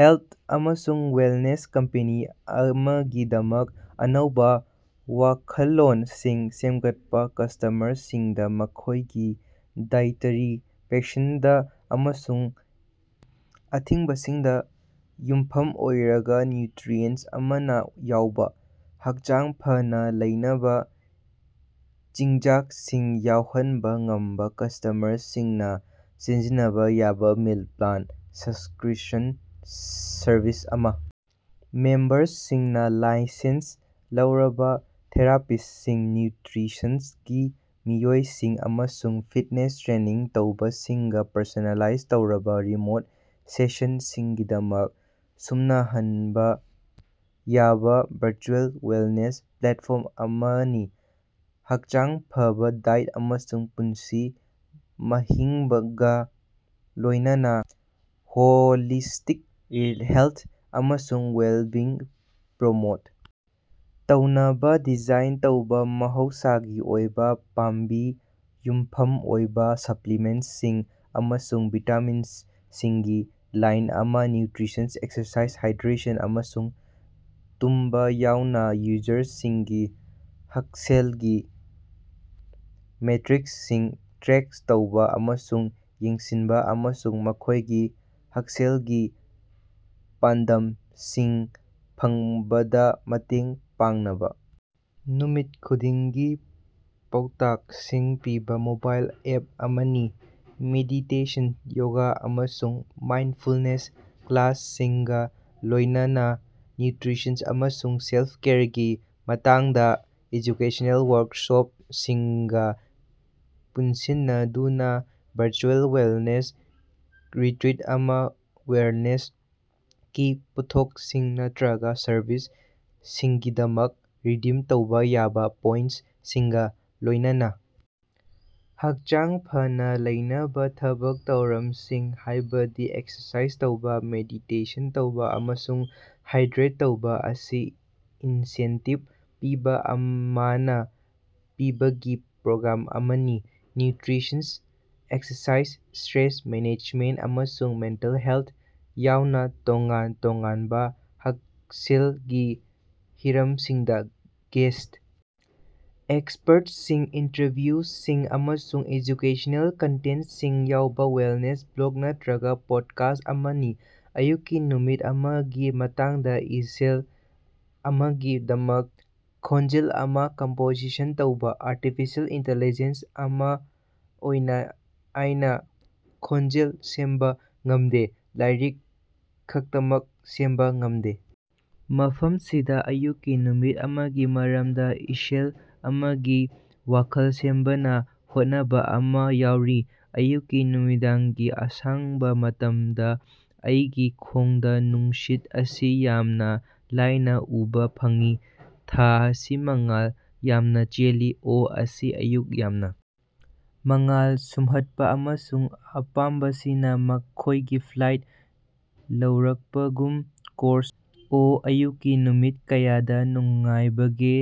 Health ꯑꯃꯁꯨꯡ wellness company ꯑꯃꯒꯤꯗꯃꯛ ꯑꯅꯧꯕ ꯋꯥꯈꯜꯂꯣꯟꯁꯤꯡ ꯁꯦꯝꯒꯠꯄ꯫ ꯀꯁ꯭ꯇꯃꯔꯁꯤꯡꯗ ꯃꯈꯣꯏꯒꯤ ꯗꯥꯏꯑꯦꯇ꯭ꯔꯤ ꯄꯁꯟꯗ ꯑꯃꯁꯨꯡ ꯑꯊꯤꯡꯕꯁꯤꯡꯗ ꯌꯨꯝꯐꯝ ꯑꯣꯏꯔꯒ ꯅ꯭ꯌꯨꯇ꯭ꯔꯤꯑꯦꯟꯇ ꯌꯥꯝꯅ ꯌꯥꯎꯕ, ꯍꯛꯆꯥꯡ ꯐꯅꯥ ꯂꯩꯅꯕ ꯆꯤꯟꯖꯥꯛꯁꯤꯡ ꯌꯧꯍꯟꯕ ꯉꯝꯕ ꯀꯁ꯭ꯇꯃꯔꯁꯤꯡꯅ ꯁꯤꯖꯤꯟꯅꯕ ꯌꯥꯕ ꯃꯤꯜ ꯄ꯭ꯂꯥꯟ ꯁꯕ꯭ꯁꯀ꯭ꯔꯤꯞꯁꯟ ꯁꯔꯚꯤꯁ ꯑꯃ, ꯃꯦꯝꯕꯔꯁꯤꯡꯅ ꯂꯥꯏꯁꯦꯟꯁ ꯂꯧꯔꯕ ꯊꯦꯔꯥꯄꯤꯁ꯭ꯇꯁꯤꯡ, ꯅ꯭ꯌꯨꯇ꯭ꯔꯤꯁꯟꯒꯤ ꯃꯤꯑꯣꯏꯁꯤꯡ, ꯑꯃꯁꯨꯡ ꯐꯤꯠꯅꯦꯁ ꯇ꯭ꯔꯦꯅꯤꯡ ꯇꯧꯕꯁꯤꯡꯒ ꯄꯔꯁꯣꯅꯦꯂꯥꯏꯖ ꯇꯧꯔꯕ, ꯔꯤꯃꯣꯠ ꯁꯦꯁꯟꯁꯤꯡꯒꯤꯗꯃꯛ ꯁꯝꯅꯍꯟꯕ ꯌꯥꯕ‌ ꯚꯔꯆꯨꯑꯦ ꯋꯦꯜꯅꯦꯁ ꯄ꯭ꯂꯦꯠꯐꯣꯔꯝ ꯑꯃꯅꯤ꯫ ꯍꯛꯆꯥꯡ ꯐꯕꯥ ꯗꯥꯏꯠ ꯑꯃꯁꯨꯡ ꯄꯨꯟꯁꯤ ꯃꯍꯤꯡꯒ ꯂꯣꯏꯅꯅ ꯍꯣꯂꯤꯁꯇꯤꯛ ꯍꯦꯜꯊ ꯑꯃꯁꯨꯡ ꯋꯦꯜꯕꯤꯡ ꯄ꯭ꯔꯃꯣꯠ ꯇꯧꯅꯕ ꯗꯤꯖꯥꯏꯟ ꯇꯧꯕ ꯃꯍꯧꯁꯥꯒꯤ ꯑꯣꯏꯕ, ꯄꯥꯝꯕꯤꯗ ꯌꯨꯝꯐꯝ ꯑꯣꯏꯕ ꯁꯄ꯭ꯂꯤꯃꯦꯟꯇꯁꯤꯡ ꯑꯃꯁꯨꯡ ꯚꯤꯇꯥꯃꯤꯟꯁꯤꯡꯒꯤ ꯂꯥꯏꯟ ꯑꯃ, ꯅ꯭ꯌꯨꯇꯔꯤꯁꯟ, ꯑꯦꯛꯁꯔꯁꯥꯏꯖ, ꯍꯥꯏꯗ꯭ꯔꯦꯁꯟ, ꯑꯃꯁꯨꯡ ꯇꯨꯝꯕ ꯌꯥꯎꯅ ꯌꯨꯖꯔꯁꯤꯡꯒꯤ ꯍꯛꯁꯦꯜꯒꯤ ꯃꯦꯇꯔꯤꯛꯁꯤꯡ ꯇ꯭ꯔꯦꯛ ꯇꯧꯕ ꯑꯃꯁꯨꯡ ꯌꯦꯡꯁꯤꯟꯕ ꯑꯃꯁꯨꯡ ꯃꯈꯣꯏꯒꯤ ꯍꯛꯁꯦꯜꯒꯤ ꯄꯥꯟꯗꯝꯁꯤꯡ ꯐꯪꯕꯗ ꯃꯇꯦꯡ ꯄꯥꯡꯅꯕ ꯅꯨꯃꯤꯠ ꯈꯨꯗꯤꯡꯒꯤ ꯄꯥꯎꯇꯥꯛꯁꯤꯡ ꯄꯤꯕ ꯃꯣꯕꯥꯏꯜ ꯑꯦꯞ ꯑꯃꯅꯤ꯫ ꯃꯦꯗꯤꯇꯦꯁꯟ, ꯌꯣꯒ, ꯑꯃꯁꯨꯡ ꯃꯥꯏꯟꯗꯐ꯭ꯔꯦꯟꯗ ꯀ꯭ꯂꯥꯁꯁꯤꯡꯒ ꯂꯣꯏꯅꯅ ꯅ꯭ꯌꯨꯇꯔꯤꯁꯟ ꯑꯃꯁꯨꯡ ꯁꯦꯜꯐ-ꯀꯦꯌꯔꯒꯤ ꯃꯇꯥꯡꯗ ꯑꯦꯖꯨꯀꯦꯁꯅꯦꯜ ꯋꯥ꯭ꯔꯛꯁꯣꯞꯁꯤꯡꯒ ꯄꯨꯟꯁꯤꯟꯅꯗꯨꯅ ꯚꯔꯆꯨꯑꯦ ꯋꯦꯜꯅꯦꯁ ꯔꯤꯇ꯭ꯔꯤꯠ ꯑꯃ, ꯋꯦꯜꯅꯦꯁꯀꯤ ꯄꯣꯠꯊꯣꯛꯁꯤꯡ ꯅꯠꯇꯔꯒ ꯁꯔꯚꯤꯁꯁꯤꯡꯒꯤꯗꯃꯛꯇ ꯔꯤꯗꯤꯝ ꯇꯧꯕ ꯌꯥꯕ ꯄꯣꯏꯟꯇꯁꯤꯡꯒ ꯂꯣꯏꯅꯅ ꯍꯛꯆꯥꯡ ꯐꯅꯥ ꯂꯩꯅꯕ ꯊꯕꯛ ꯊꯧꯔꯝꯁꯤꯡ, ꯍꯥꯏꯕꯗꯤ ꯑꯦꯛꯁꯔꯁꯥꯏꯖ ꯇꯧꯕ, ꯃꯦꯗꯤꯇꯦꯁꯟ ꯇꯧꯕ, ꯑꯃꯁꯨꯡ ꯍꯥꯏꯗ꯭ꯔꯦꯠ ꯇꯧꯕ ꯑꯁꯤ ꯏꯟꯁꯦꯟꯇꯤꯕ ꯄꯤꯕ ꯃꯅꯥ ꯄꯤꯕꯒꯤ ꯄ꯭ꯔꯣꯒ꯭ꯔꯥꯝ ꯑꯃꯅꯤ꯫ ꯅ꯭ꯌꯨꯇꯔꯤꯁꯟ, ꯑꯦꯛꯁꯔꯁꯥꯏꯖ, ꯁ꯭ꯇꯔꯦꯁ ꯃꯦꯅꯦꯖꯃꯦꯟꯇ, ꯑꯃꯁꯨꯡ ꯃꯦꯟꯇꯦꯜ ꯍꯦꯜꯊ ꯌꯥꯎꯅ ꯇꯣꯉꯥꯟ ꯇꯣꯉꯥꯟꯕ ꯍꯛꯁꯦꯜꯒꯤ ꯍꯤꯔꯝꯁꯤꯡꯗ ꯒꯦꯁ꯭ꯠ ꯑꯦꯛꯁꯄ꯭ꯔꯠꯁꯤꯡ, ꯏꯟꯇꯔꯚ꯭ꯌꯨꯁꯤꯡ, ꯑꯃꯁꯨꯡ ꯑꯦꯖꯨꯀꯦꯁꯅꯦꯜ ꯀꯟꯇꯦꯟꯇꯁꯤꯡ ꯌꯥꯎꯕ ꯋꯦꯜꯅꯦꯁ ꯕ꯭ꯂꯣꯒ ꯅꯠꯇꯔꯒ ꯄꯣꯗꯀꯥꯁ꯭ꯠ ꯑꯃꯅꯤ꯫ ꯑꯌꯨꯛꯀꯤ ꯅꯨꯃꯤꯠ ꯑꯃꯒꯤ ꯃꯇꯥꯡꯗ ꯏꯁꯩ ꯑꯃꯒꯤꯗꯃꯛ ꯈꯣꯟꯖꯦꯜ ꯑꯃ ꯀꯝꯄꯣꯖꯤꯁꯟ ꯇꯧꯕ꯫ ꯑꯥꯔꯇꯤꯐꯤꯁꯤꯑꯦꯜ ꯏꯟꯇꯤꯂꯤꯖꯦꯟꯁ ꯑꯃ ꯑꯣꯏꯅ ꯑꯩꯅ ꯈꯣꯟꯖꯦꯜ ꯁꯦꯝꯕ ꯉꯃꯗꯦ, ꯂꯥꯏꯔꯤꯛ ꯈꯛꯇꯃꯛ ꯁꯦꯝꯕ ꯉꯝꯗꯦ꯫ ꯃꯐꯝꯁꯤꯗ ꯑꯌꯨꯛꯀꯤ ꯅꯨꯃꯤꯠ ꯑꯃꯒꯤ ꯃꯔꯝꯗ ꯏꯁꯩ ꯑꯃꯒꯤ ꯋꯥꯍꯩ ꯁꯦꯝꯅꯕ‌ ꯍꯣꯠꯅꯕ ꯑꯃ ꯌꯥꯎꯔꯤ - ꯑꯌꯨꯛꯀꯤ ꯅꯨꯃꯤꯗꯥꯡꯒꯤ ꯑꯁꯥꯡꯕ ꯃꯇꯝꯗ ꯑꯩꯒꯤ ꯈꯣꯡꯗ ꯅꯨꯡꯁꯤꯠ ꯑꯁꯤ ꯌꯥꯝꯅ ꯂꯥꯏꯅ ꯎꯕꯥ ꯐꯪꯏ ꯊꯥ ꯑꯁꯤ ꯃꯉꯥꯜ ꯌꯥꯝꯅ ꯆꯦꯜꯂꯤ ꯑꯣ ꯑꯁꯤ ꯑꯌꯨꯛ ꯌꯥꯝꯅ ꯃꯉꯥꯜ ꯁꯨꯝꯍꯠꯄ ꯑꯃꯁꯨꯡ ꯑꯄꯥꯝꯕꯁꯤꯡꯅ ꯃꯈꯣꯏꯒꯤ ꯐ꯭ꯂꯥꯏꯠ ꯂꯧꯔꯛꯄꯒꯨꯝ ꯀꯣꯔꯁ - ꯑꯣꯍ ꯑꯌꯨꯛꯀꯤ ꯅꯨꯃꯤꯠ, ꯀꯌꯥꯗ ꯅꯨꯡꯉꯥꯏꯕꯒꯦ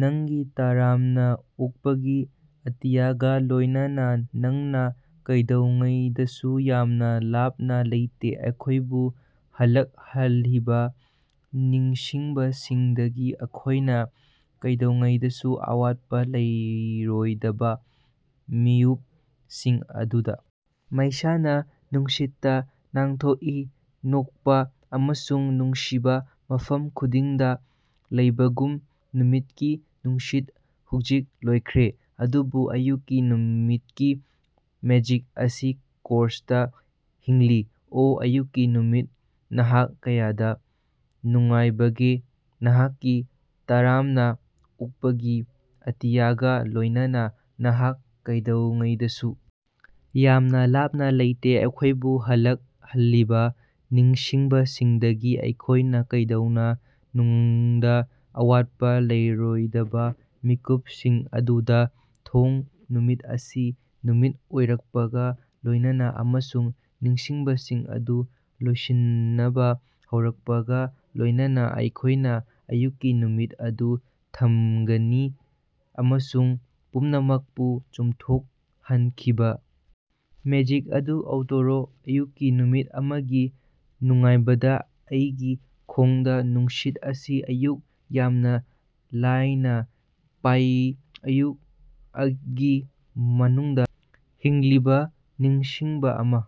ꯅꯪꯒꯤ ꯇꯔꯥꯝꯅ ꯑꯣꯛꯄꯒꯤ ꯑꯇꯤꯌꯥꯒ ꯂꯣꯏꯅꯅ ꯅꯪꯅ ꯀꯩꯗꯧꯉꯩꯗꯁꯨ ꯌꯥꯝꯅ ꯂꯥꯞꯅ ꯂꯩꯇꯦ ꯑꯩꯈꯣꯏꯕꯨ ꯍꯜꯂꯛꯍꯜꯂꯤꯕ ꯅꯤꯡꯁꯤꯡꯕꯁꯤꯡꯗꯒꯤ ꯑꯩꯈꯣꯏꯅ ꯀꯩꯗꯧꯉꯩꯗꯁꯨ ꯑꯋꯥꯠꯄ ꯂꯩꯔꯣꯏꯗꯕ ꯃꯤꯌꯨꯞꯁꯤꯡ ꯑꯗꯨꯗ ꯃꯩꯁꯥꯅ ꯅꯨꯡꯁꯤꯠꯇ ꯅꯥꯟꯊꯣꯛꯏ ꯅꯣꯛꯄ ꯑꯃꯁꯨꯡ ꯅꯨꯡꯁꯤꯕ ꯃꯐꯝ ꯈꯨꯗꯤꯡꯗ ꯂꯩꯕꯒꯨꯝ ꯅꯨꯃꯤꯠꯀꯤ ꯅꯨꯡꯁꯤꯠ ꯍꯧꯖꯤꯛ ꯂꯣꯏꯈ꯭ꯔꯦ ꯑꯗꯨꯕꯨ ꯑꯌꯨꯛꯀꯤ ꯅꯨꯃꯤꯠꯀꯤ ꯃꯦꯖꯤꯛ ꯑꯁꯤ ꯀꯣꯔꯁꯇꯥ ꯍꯤꯡꯂꯤ - ꯑꯣꯍ ꯑꯌꯨꯛꯀꯤ ꯅꯨꯃꯤꯠ, ꯅꯍꯥꯛ ꯀꯌꯥꯗꯅꯨꯡꯉꯥꯏꯕꯒꯦ ꯅꯍꯥꯛꯀꯤ ꯇꯔꯥꯝꯅ ꯑꯣꯛꯄꯒꯤ ꯑꯇꯤꯌꯥꯒ ꯂꯣꯏꯅꯅ, ꯅꯍꯥꯛ ꯀꯩꯗꯧꯉꯩꯗꯁꯨ ꯌꯥꯝꯅ ꯂꯥꯞꯅ ꯂꯩꯇꯦ ꯑꯩꯈꯣꯏꯕꯨ ꯍꯜꯂꯛꯍꯜꯂꯤꯕ ꯅꯤꯡꯁꯤꯡꯕꯁꯤꯡꯗꯒꯤ ꯑꯩꯈꯣꯏꯅ ꯀꯩꯗꯧꯅꯨꯡꯗ ꯑꯋꯥꯠꯄ ꯂꯩꯔꯣꯏꯗꯕ ꯃꯤꯀꯨꯞꯁꯤꯡ ꯑꯗꯨꯗ ꯊꯣꯡ - ꯅꯨꯃꯤꯠ ꯑꯁꯤ ꯅꯨꯃꯤꯠ ꯑꯣꯏꯔꯛꯄꯒ ꯂꯣꯏꯅꯅ ꯑꯃꯁꯨꯡ ꯅꯤꯡꯁꯤꯡꯕꯁꯤꯡ ꯑꯗꯨ ꯂꯣꯏꯁꯤꯟꯕ ꯍꯧꯔꯛꯄꯒ ꯂꯣꯏꯅꯅ ꯑꯩꯈꯣꯏꯅ ꯑꯌꯨꯛꯀꯤ ꯅꯨꯃꯤꯠ ꯑꯗꯨ ꯊꯝꯒꯅꯤ ꯑꯃꯁꯨꯡ ꯄꯨꯝꯅꯃꯛꯄꯨ ꯆꯨꯝꯊꯣꯛꯍꯟꯈꯤꯕ ꯃꯦꯖꯤꯛ ꯑꯗꯨ ꯑꯥꯎꯇꯔꯣ - ꯑꯌꯨꯛꯀꯤ ꯅꯨꯃꯤꯠ ꯑꯃꯒꯤ ꯅꯨꯡꯉꯥꯏꯕꯗ ꯑꯩꯒꯤ ꯈꯣꯡꯗꯥ ꯅꯨꯡꯁꯤꯠ ꯑꯁꯤ ꯑꯁꯨꯛ ꯌꯥꯝꯅ ꯂꯥꯏꯅ ꯐꯥꯎꯏ ꯑꯌꯨꯛ ꯑꯩꯒꯤ ꯃꯅꯨꯡꯗ ꯍꯤꯡꯂꯤꯕ ꯅꯤꯡꯁꯤꯡꯕ ꯑꯃ꯫